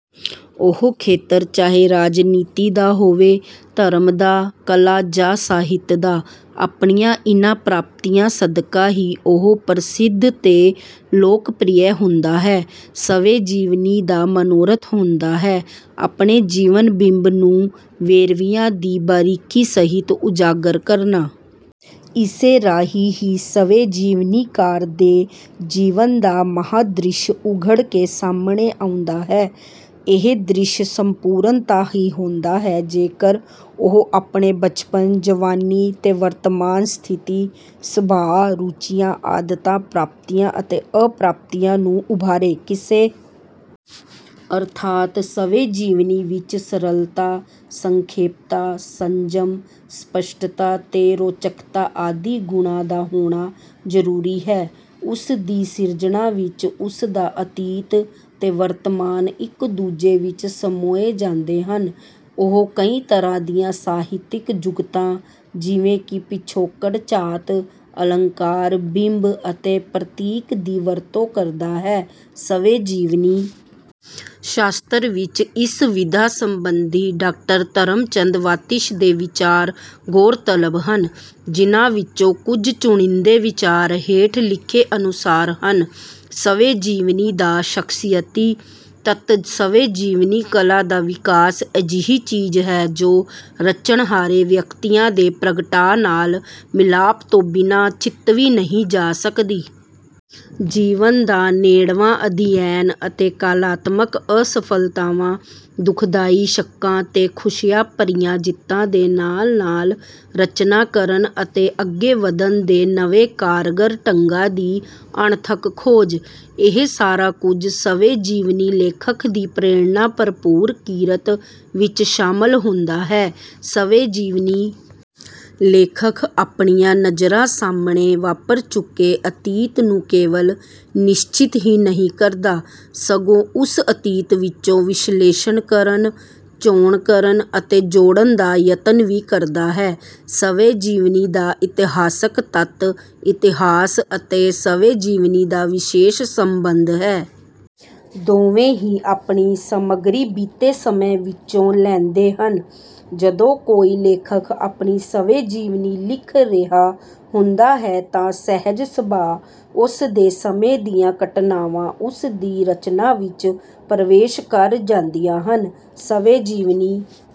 ਉਹ ਖੇਤਰ ਚਾਹੇ ਰਾਜਨੀਤੀ ਦਾ ਹੋਵੇ, ਧਰਮ ਦਾ, ਕਲਾ ਜਾਂ ਸਾਹਿਤ ਦਾ, ਆਪਣੀਆਂ ਇਨ੍ਹਾਂ ਪ੍ਰਾਪਤੀਆਂ ਸਦਕਾ ਹੀ ਉਹ ਪ੍ਰਸਿੱਧ ਤੇ ਲੋਕਪ੍ਰਿਯ ਹੁੰਦਾ ਹੈ। ਸਵੈ-ਜੀਵਨੀ ਦਾ ਮਨੋਰਥ ਹੁੰਦਾ ਹੈ ਆਪਣੇ ਜੀਵਨ-ਬਿੰਬ ਨੂੰ ਵੇਰਵਿਆਂ ਦੀ ਬਾਰੀਕੀ ਸਹਿਤ ਉਜਾਗਰ ਕਰਨਾ। ਇਸੇ ਰਾਹੀਂ ਹੀ ਸਵੈ-ਜੀਵਨੀਕਾਰ ਦੇ ਜੀਵਨ ਦਾ ਮਹਾਂਦ੍ਰਿਸ਼ ਉੱਘੜ ਕੇ ਸਾਹਮਣੇ ਆਉਂਦਾ ਹੈ। ਇਹ ਦ੍ਰਿਸ਼ ਸੰਪੂਰਨ ਤਾਂ ਹੀ ਹੁੰਦਾ ਹੈ ਜੇਕਰ ਉਹ ਆਪਣੇ ਬਚਪਨ, ਜਵਾਨੀ ਤੇ ਵਰਤਮਾਨ ਸਥਿਤੀ, ਸੁਭਾਅ, ਰੁਚੀਆਂ, ਆਦਤਾਂ, ਪ੍ਰਾਪਤੀਆਂ ਅਤੇ ਅਪ੍ਰਾਪਤੀਆਂ ਨੂੰ ਉਭਾਰੇ। ਕਿਸੇ ਅਰਥਾਤ ਸਵੈ-ਜੀਵਨੀ ਵਿੱਚ ਸਰਲਤਾ, ਸੰਖੇਪਤਾ, ਸੰਜਮ, ਸਪੱਸ਼ਟਤਾ ਤੇ ਰੌਚਕਤਾ ਆਦਿ ਗੁਣਾਂ ਦਾ ਹੋਣਾ ਜ਼ਰੂਰੀ ਹੈ। ਉਸ ਦੀ ਸਿਰਜਣਾ ਵਿੱਚ ਉਸ ਦਾ ਅਤੀਤ ਤੇ ਵਰਤਮਾਨ ਇੱਕ-ਦੂਜੇ ਵਿੱਚ ਸਮੋਏ ਜਾਂਦੇ ਹਨ। ਉਹ ਕਈ ਤਰ੍ਹਾਂ ਦੀਆਂ ਸਾਹਿਤਕ ਜੁਗਤਾਂ, ਜਿਵੇਂ ਕਿ ਪਿਛੋਕੜ-ਝਾਤ, ਅਲੰਕਾਰ, ਬਿੰਬ ਅਤੇ ਪ੍ਰਤੀਕ ਦੀ ਵਰਤੋਂ ਕਰਦਾ ਹੈ। ਸਵੈ-ਜੀਵਨੀ ਸ਼ਾਸਤਰ’ ਵਿੱਚ ਇਸ ਵਿਧਾ ਸੰਬੰਧੀ ਡਾ. ਧਰਮ ਚੰਦ ਵਾਤਿਸ਼ ਦੇ ਵਿਚਾਰ ਗੌਰਤਲਬ ਹਨ, ਜਿਨ੍ਹਾਂ ਵਿੱਚੋਂ ਕੁਝ ਚੁਣਿੰਦੇ ਵਿਚਾਰ ਹੇਠ ਲਿਖੇ ਅਨੁਸਾਰ ਹਨ—“ਸਵੈ-ਜੀਵਨੀ ਦਾ ਸ਼ਖ਼ਸੀਅਤੀ ਤੱਤ”ਸਵੈ-ਜੀਵਨੀ ਕਲਾ ਦਾ ਵਿਕਾਸ ਅਜਿਹੀ ਚੀਜ਼ ਹੈ ਜੋ ਰਚਣਹਾਰੇ ਵਿਅਕਤੀਆਂ ਦੇ ਪ੍ਰਗਟਾਅ ਨਾਲ ਮਿਲਾਪ ਤੋਂ ਬਿਨਾਂ ਚਿਤਵੀ ਨਹੀਂ ਜਾ ਸਕਦੀ। ਜੀਵਨ ਦਾ ਨੇੜਵਾਂ ਅਧਿਐਨ ਅਤੇ ਕਲਾਤਮਕ ਅਸਫਲਤਾਵਾਂ, ਦੁਖਦਾਈ ਸ਼ੱਕਾਂ ਤੇ ਖੁਸ਼ੀਆਂ ਭਰੀਆਂ ਜਿੱਤਾਂ ਦੇ ਨਾਲ-ਨਾਲ ਰਚਨਾ ਕਰਨ ਅਤੇ ਅੱਗੇ ਵਧਣ ਦੇ ਨਵੇਂ ਕਾਰਗਰ ਢੰਗਾਂ ਦੀ ਅਣਥੱਕ ਖੋਜ—ਇਹ ਸਾਰਾ ਕੁਝ ਸਵੈ-ਜੀਵਨੀ ਲੇਖਕ ਦੀ ਪ੍ਰੇਰਣਾ-ਭਰਪੂਰ ਕਿਰਤ ਵਿੱਚ ਸ਼ਾਮਲ ਹੁੰਦਾ ਹੈ। ਸਵੈ-ਜੀਵਨੀ ਲੇਖਕ ਆਪਣੀਆਂ ਨਜ਼ਰਾਂ ਸਾਹਮਣੇ ਵਾਪਰ ਚੁੱਕੇ ਅਤੀਤ ਨੂੰ ਕੇਵਲ ਨਿਸ਼ਚਿਤ ਹੀ ਨਹੀਂ ਕਰਦਾ, ਸਗੋਂ ਉਸ ਅਤੀਤ ਵਿੱਚੋਂ ਵਿਸ਼ਲੇਸ਼ਣ ਕਰਨ, ਚੋਣ ਕਰਨ ਅਤੇ ਜੋੜਨ ਦਾ ਯਤਨ ਵੀ ਕਰਦਾ ਹੈ।“ਸਵੈ-ਜੀਵਨੀ ਦਾ ਇਤਿਹਾਸਕ ਤੱਤ”ਇਤਿਹਾਸ ਅਤੇ ਸਵੈ-ਜੀਵਨੀ ਦਾ ਵਿਸ਼ੇਸ਼ ਸੰਬੰਧ ਹੈ। ਦੋਵੇਂ ਹੀ ਆਪਣੀ ਸਮੱਗਰੀ ਬੀਤੇ ਸਮੇਂ ਵਿੱਚੋਂ ਲੈਂਦੇ ਹਨ। ਜਦੋਂ ਕੋਈ ਲੇਖਕ ਆਪਣੀ ਸਵੈ-ਜੀਵਨੀ ਲਿਖ ਰਿਹਾ ਹੁੰਦਾ ਹੈ ਤਾਂ ਸਹਿਜ-ਸੁਭਾਅ ਉਸ ਦੇ ਸਮੇਂ ਦੀਆਂ ਘਟਨਾਵਾਂ ਉਸ ਦੀ ਰਚਨਾ ਵਿੱਚ ਪ੍ਰਵੇਸ਼ ਕਰ ਜਾਂਦੀਆਂ ਹਨ। ਸਵੈ-ਜੀਵਨੀ